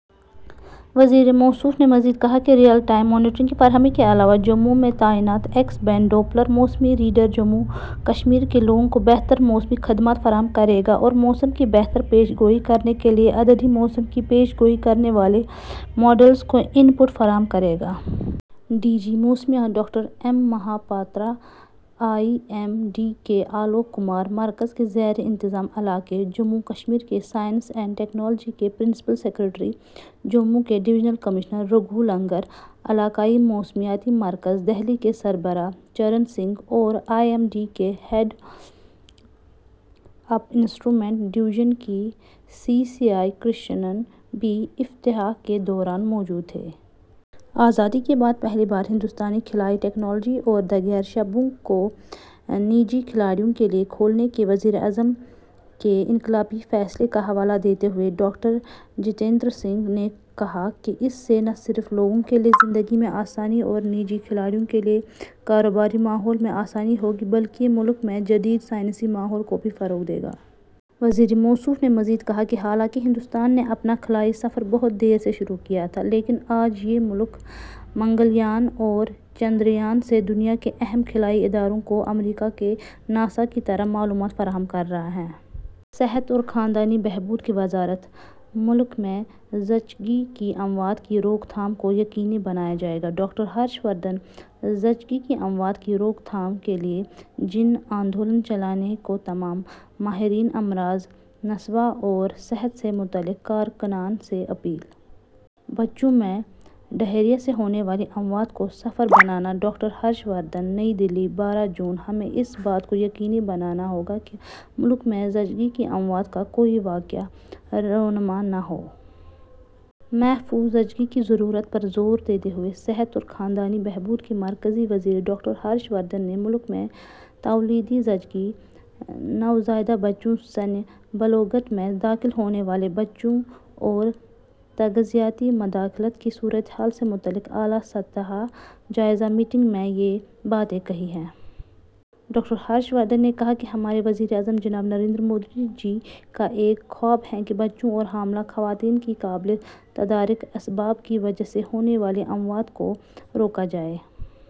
وزیر موصوف نے مزید کہا کہ ریئل ٹائم مانیٹرنگ کی فراہمی کے علاوہ، جموں میں تعینات ایکس بینڈ ڈوپلر موسمی ریڈار جموں و کشمیر کے لوگوں کو بہتر موسمی خدمات فراہم کرے گا اور موسم کی بہتر پیش گوئی کرنے کے لیے عددی موسم کی پیش گوئی کرنے والے ماڈلز کو اِن پٹ فراہم کرے گا۔ ڈی جی موسمیات doctor M Mohapatra, I M D کے آلوک کمار، مرکز کے زیر انتظام علاقے جموں و کشمیر کے سائنس اینڈ ٹیکنالوجی کے پرنسپل سکریٹری، جموں کے ڈویژنل کمشنر راگھو لنگر، علاقائی موسمیاتی مرکز، دہلی کے سربراہ چرن سنگھ اور آئی ایم ڈی کے ہیڈ اپر انسٹرومنٹ ڈویژن کے سی سائی کرشنن بھی افتتاح کے دوران موجود تھے۔ آزادی کے بعد پہلی بار ہندوستانی خلائی ٹیکنالوجی اور دیگر شعبوں کو نجی کھلاڑیوں کے لیے کھولنے کے وزیراعظم کے انقلابی فیصلے کا حوالہ دیتے ہوئے، ڈاکٹر جتیندر سنگھ نے کہا کہ اس سے نہ صرف لوگوں کے لیے زندگی میں آسانی اور نجی کھلاڑیوں کے لیے کاروباری ماحول میں آسانی ہوگی، بلکہ یہ ملک میں جدید سائنسی ماحول کو بھی فروغ دے گا۔ وزیر موصوف نے مزید کہا کہ حالانکہ ہندوستان نے اپنا خلائی سفر بہت دیر سے شروع کیا تھا، لیکن آج یہ ملک منگل یان اور چندریان سے دنیا کے اہم خلائی اداروں کو، امریکہ کے ناسا کی طرح، معلومات فراہم کر رہا ہے۔ صحت اور خاندانی بہبود کی وزارت ملک میں زچگی کی اموات کی روک تھام کو یقینی بنایا جائے گا: ڈاکٹر ہرش وردھن۔ زچگی کی اموات کی روک تھام کے لیے جن آندولن چلانے کو تمام ماہرینِ امراضِ نسواں اور صحت سے متعلق کارکنان سے اپیل۔ بچوں میں ڈائریا سے ہونے والی اموات کو صفر بنانا: ڈاکٹر ہرش وردھن۔ نئی دہلی، بارہ جون۔ ہمیں اس بات کو یقینی بنانا ہوگا کہ ملک میں زچگی کی اموات کا کوئی واقعہ رونما نہ ہو۔ محفوظ زچگی کی ضرورت پر زور دیتے ہوئے صحت اور خاندانی بہبود کے مرکزی وزیر ڈاکٹر ہرش وردھن نے ملک میں تولیدی، زچگی، نوزائیدہ بچوں، سنِ بلوغت میں داخل ہونے والے بچوں اور تغذیاتی مداخلت کی صورتحال سے متعلق اعلیٰ سطحی جائزہ میٹنگ میں یہ باتیں کہی ہیں۔ ڈاکٹر ہرش وردھن نے کہا کہ ہمارے وزیراعظم جناب نریندر مودی جی کا ایک خواب ہے کہ بچوں اور حاملہ خواتین کی قابلِ تدارک اسباب کی وجہ سے ہونے والی اموات کو روکا جائے۔